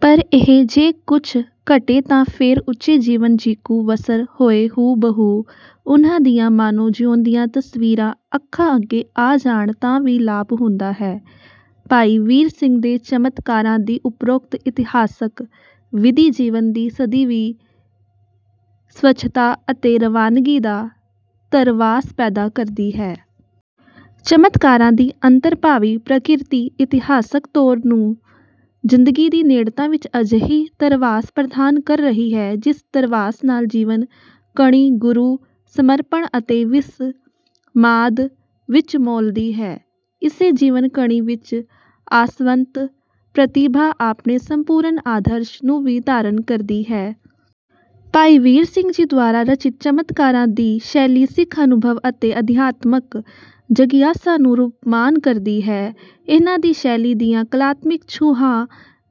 ਪਰ ਇਹ ਜੇ ਕੁੱਝ ਘਟੇ ਤਾਂ ਫੇਰ ਉੱਚੇ ਜੀਵਨ ਜੀਕੂ ਵਸਰ ਹੋਏ ਹੂ ਬ ਹੂ ਉਨ੍ਹਾਂ ਦੀਆਂ ਮਾਨੋ ਜਿਉਂਦੀਆਂ ਤਸਵੀਰਾਂ ਅੱਖਾਂ ਅੱਗੇ ਆ ਜਾਣ ਤਾਂ ਵੀ ਲਾਭ ਹੁੰਦਾ ਹੈ। ਭਾਈ ਵੀਰ ਸਿੰਘ ਦੇ ਚਮਤਕਾਰਾਂ ਦੀ ਉਪਰੋਕਤ ਇਤਿਹਾਸਕ ਵਿਧੀ ਜੀਵਨ ਦੀ ਸਦੀਵੀ ਸਵੱਛਤਾ ਅਤੇ ਰਵਾਨਗੀ ਦਾ ਧਰਵਾਸ ਪੈਦਾ ਕਰਦੀ ਹੈ। ਚਮਤਕਾਰਾਂ ਦੀ ਅੰਤਰਭਾਵੀ ਪ੍ਰਕਿਰਤੀ ਇਤਿਹਾਸਕ ਤੌਰ ਨੂੰ ਜ਼ਿੰਦਗੀ ਦੀ ਨੇੜਤਾ ਵਿੱਚ ਅਜਿਹੀ ਧਰਵਾਸ ਪ੍ਰਦਾਨ ਕਰ ਰਹੀ ਹੈ ਜਿਸ ਧਰਵਾਸ ਨਾਲ ਜੀਵਨ ਕਣੀ ਗੁਰੂ ਸਮਰਪਣ ਅਤੇ ਵਿਸਮਾਦ ਵਿੱਚ ਮੌਲਦੀ ਹੈ। ਇਸੇ ਜੀਵਨ ਕਣੀ ਵਿੱਚ ਆਸਵੰਤ ਪ੍ਰਤਿਭਾ ਆਪਣੇ ਸੰਪੂਰਨ ਆਦਰਸ਼ ਨੂੰ ਵੀ ਧਾਰਨ ਕਰਦੀ ਹੈ। ਭਾਈ ਵੀਰ ਸਿੰਘ ਜੀ ਦੁਆਰਾ ਰਚਿਤ ਚਮਤਕਾਰਾਂ ਦੀ ਸ਼ੈਲੀ ਸਿੱਖ ਅਨੁਭਵ ਅਤੇ ਅਧਿਆਤਮਕ ਜਗਿਆਸਾ ਨੂੰ ਰੂਪਮਾਨ ਕਰਦੀ ਹੈ। ਇਹਨਾਂ ਦੀ ਸ਼ੈਲੀ ਦੀਆਂ ਕਲਾਤਮਿਕ ਛੂਹਾਂ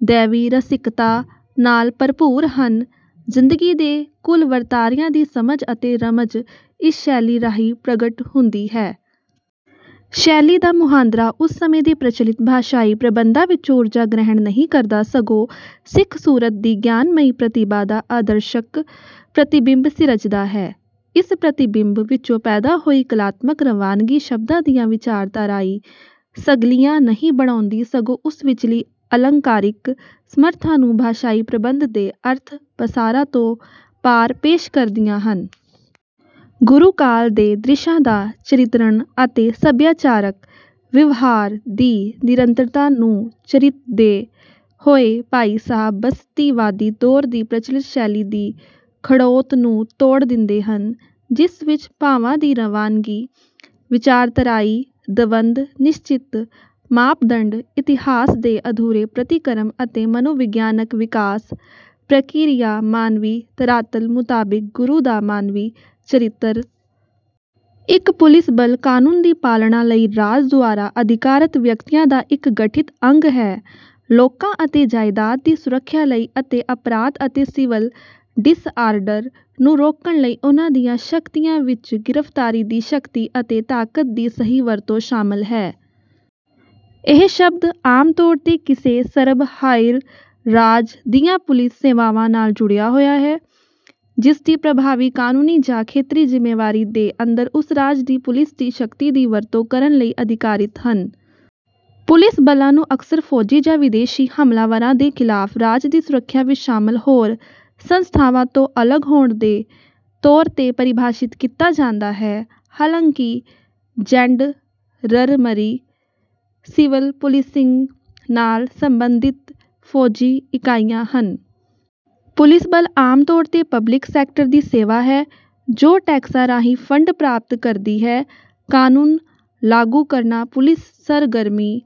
ਦੈਵੀ ਰਸਿਕਤਾ ਨਾਲ ਭਰਪੂਰ ਹਨ। ਜਿੰਦਗੀ ਦੇ ਕੁਲ ਵਰਤਾਰਿਆਂ ਦੀ ਸਮਝ ਅਤੇ ਰਮਝ ਇਸ ਸ਼ੈਲੀ ਰਾਹੀਂ ਪ੍ਰਗਟ ਹੁੰਦੀ ਹੈ। ਸ਼ੈਲੀ ਦਾ ਮੁਹਾਂਦਰਾ ਉਸ ਸਮੇਂ ਦੇ ਪ੍ਰਚਲਿਤ ਭਾਸ਼ਾਈ ਪ੍ਰਬੰਧਾਂ ਵਿੱਚੋਂ ਊਰਜਾ ਗ੍ਰਹਿਣ ਨਹੀਂ ਕਰਦਾ ਸਗੋਂ ਸਿੱਖ ਸੁਰਤਿ ਦੀ ਗਿਆਨਮਈ ਪ੍ਰਤਿਬਾ ਦਾ ਅਦਰਸ਼ਕ ਪ੍ਰਤੀਬਿੰਬ ਸਿਰਜਦਾ ਹੈ। ਇਸ ਪ੍ਰਤੀਬਿੰਬ ਵਿੱਚੋਂ ਪੈਦਾ ਹੋਈ ਕਲਾਤਮਕ ਰਵਾਨਗੀ ਸ਼ਬਦਾਂ ਦੀਆਂ ਵਿਚਾਰਧਾਰਾਈ ਸਗਲੀਆਂ ਨਹੀਂ ਬਣਾਉਂਦੀ ਸਗੋਂ ਉਸ ਵਿੱਚਲੀ ਅਲੰਕਾਰਿਕ ਸਮਰਥਾ ਨੂੰ ਭਾਸ਼ਾਈ ਪ੍ਰਬੰਧ ਦੇ ਅਰਥ ਪਸਾਰਾ ਤੋਂ ਪਾਰ ਪੇਸ਼ ਕਰਦੀਆਂ ਹਨ। ਗੁਰੂ ਕਾਲ ਦੇ ਦ੍ਰਿਸ਼ਾਂ ਦਾ ਚਰਿਤਰਣ ਅਤੇ ਸਭਿਆਚਾਰਕ ਵਿਵਹਾਰ ਦੀ ਨਿਰੰਤਰਤਾ ਨੂੰ ਚਰਿਤਦੇ ਹੋਏ ਭਾਈ ਸਾਹਿਬ ਬਸਤੀਵਾਦੀ ਦੌਰ ਦੀ ਪ੍ਰਚਲਿਤ ਸ਼ੈਲੀ ਦੀ ਖੜੋਤ ਨੂੰ ਤੋੜ ਦਿੰਦੇ ਹਨ। ਜਿਸ ਵਿੱਚ ਭਾਵਾਂ ਦੀ ਰਵਾਂਨਗੀ ਵਿਚਾਰਧਰਾਈ ਦਵੰਧ ਨਿਸ਼ਚਿਤ ਮਾਪਦੰਡ ਇਤਿਹਾਸ ਦੇ ਅਧੂਰੇ ਪ੍ਰਤੀਕਰਮ ਅਤੇ ਮਨੋਵਿਗਿਆਨਕ ਵਿਕਾਸ ਪ੍ਰਕਿਰਿਆ ਮਾਨਵੀ ਧਰਾਤਲ ਮੁਤਾਬਿਕ ਗੁਰੂ ਦਾ ਮਾਨਵੀ ਚਰਿਤਰ। ਇੱਕ ਪੁਲਿਸ ਬਲ ਕਾਨੂੰਨ ਦੀ ਪਾਲਣਾ ਲਈ ਰਾਜ ਦੁਆਰਾ ਅਧਿਕਾਰਤ ਵਿਅਕਤੀਆਂ ਦਾ ਇੱਕ ਗਠਿਤ ਅੰਗ ਹੈ ਲੋਕਾਂ ਅਤੇ ਜਾਇਦਾਦ ਦੀ ਸੁਰੱਖਿਆ ਲਈ ਅਤੇ ਅਪਰਾਧ ਅਤੇ ਸਿਵਲ ਡਿਸਆਰਡਰ ਨੂੰ ਰੋਕਣ ਲਈ ਉਨ੍ਹਾਂ ਦੀਆਂ ਸ਼ਕਤੀਆਂ ਵਿੱਚ ਗ੍ਰਿਫਤਾਰੀ ਦੀ ਸ਼ਕਤੀ ਅਤੇ ਤਾਕਤ ਦੀ ਸਹੀ ਵਰਤੋਂ ਸ਼ਾਮਲ ਹੈ। ਇਹ ਸ਼ਬਦ ਆਮ ਤੌਰ ਤੇ ਕਿਸੇ ਸਰਬ ਹਾਇਰ ਰਾਜ ਦੀਆਂ ਪੁਲਿਸ ਸੇਵਾਵਾਂ ਨਾਲ ਜੁੜਿਆ ਹੋਇਆ ਹੈ ਜਿਸਦੀ ਪ੍ਰਭਾਵੀ ਕਾਨੂੰਨੀ ਜਾਂ ਖੇਤਰੀ ਜ਼ਿਮੇਵਾਰੀ ਦੇ ਅੰਦਰ ਉਸ ਰਾਜ ਦੀ ਪੁਲਿਸ ਦੀ ਸ਼ਕਤੀ ਦੀ ਵਰਤੋਂ ਕਰਨ ਲਈ ਅਧਿਕਾਰਿਤ ਹਨ। ਪੁਲਿਸ ਬਲਾਂ ਨੂੰ ਅਕਸਰ ਫੌਜੀ ਜਾਂ ਵਿਦੇਸ਼ੀ ਹਮਲਾਵਰਾਂ ਦੇ ਖਿਲਾਫ ਰਾਜ ਦੀ ਸੁਰੱਖਿਆ ਵਿੱਚ ਸ਼ਾਮਲ ਹੋਰ ਸੰਸਥਾਵਾਂ ਤੋਂ ਅਲਗ ਹੋਣ ਦੇ ਤੌਰ ਤੇ ਪਰਿਭਾਸ਼ਿਤ ਕੀਤਾ ਜਾਂਦਾ ਹੈ। ਹਾਲਾਂਕਿ ਜੈਂਡਰਰਮਰੀ ਸਿਵਲ ਪੁਲਿਸਿੰਗ ਨਾਲ ਸੰਬੰਧਿਤ ਫੌਜੀ ਇਕਾਈਆਂ ਹਨ। ਪੁਲਿਸ ਬਲ ਆਮ ਤੌਰ ਤੇ ਪਬਲਿਕ ਸੈਕਟਰ ਦੀ ਸੇਵਾ ਹੈ ਜੋ ਟੈਕਸਾਂ ਰਾਹੀਂ ਫੰਡ ਪ੍ਰਾਪਤ ਕਰਦੀ ਹੈ। ਕਾਨੂੰਨ ਲਾਗੂ ਕਰਨਾ ਪੁਲਿਸ ਸਰਗਰਮੀ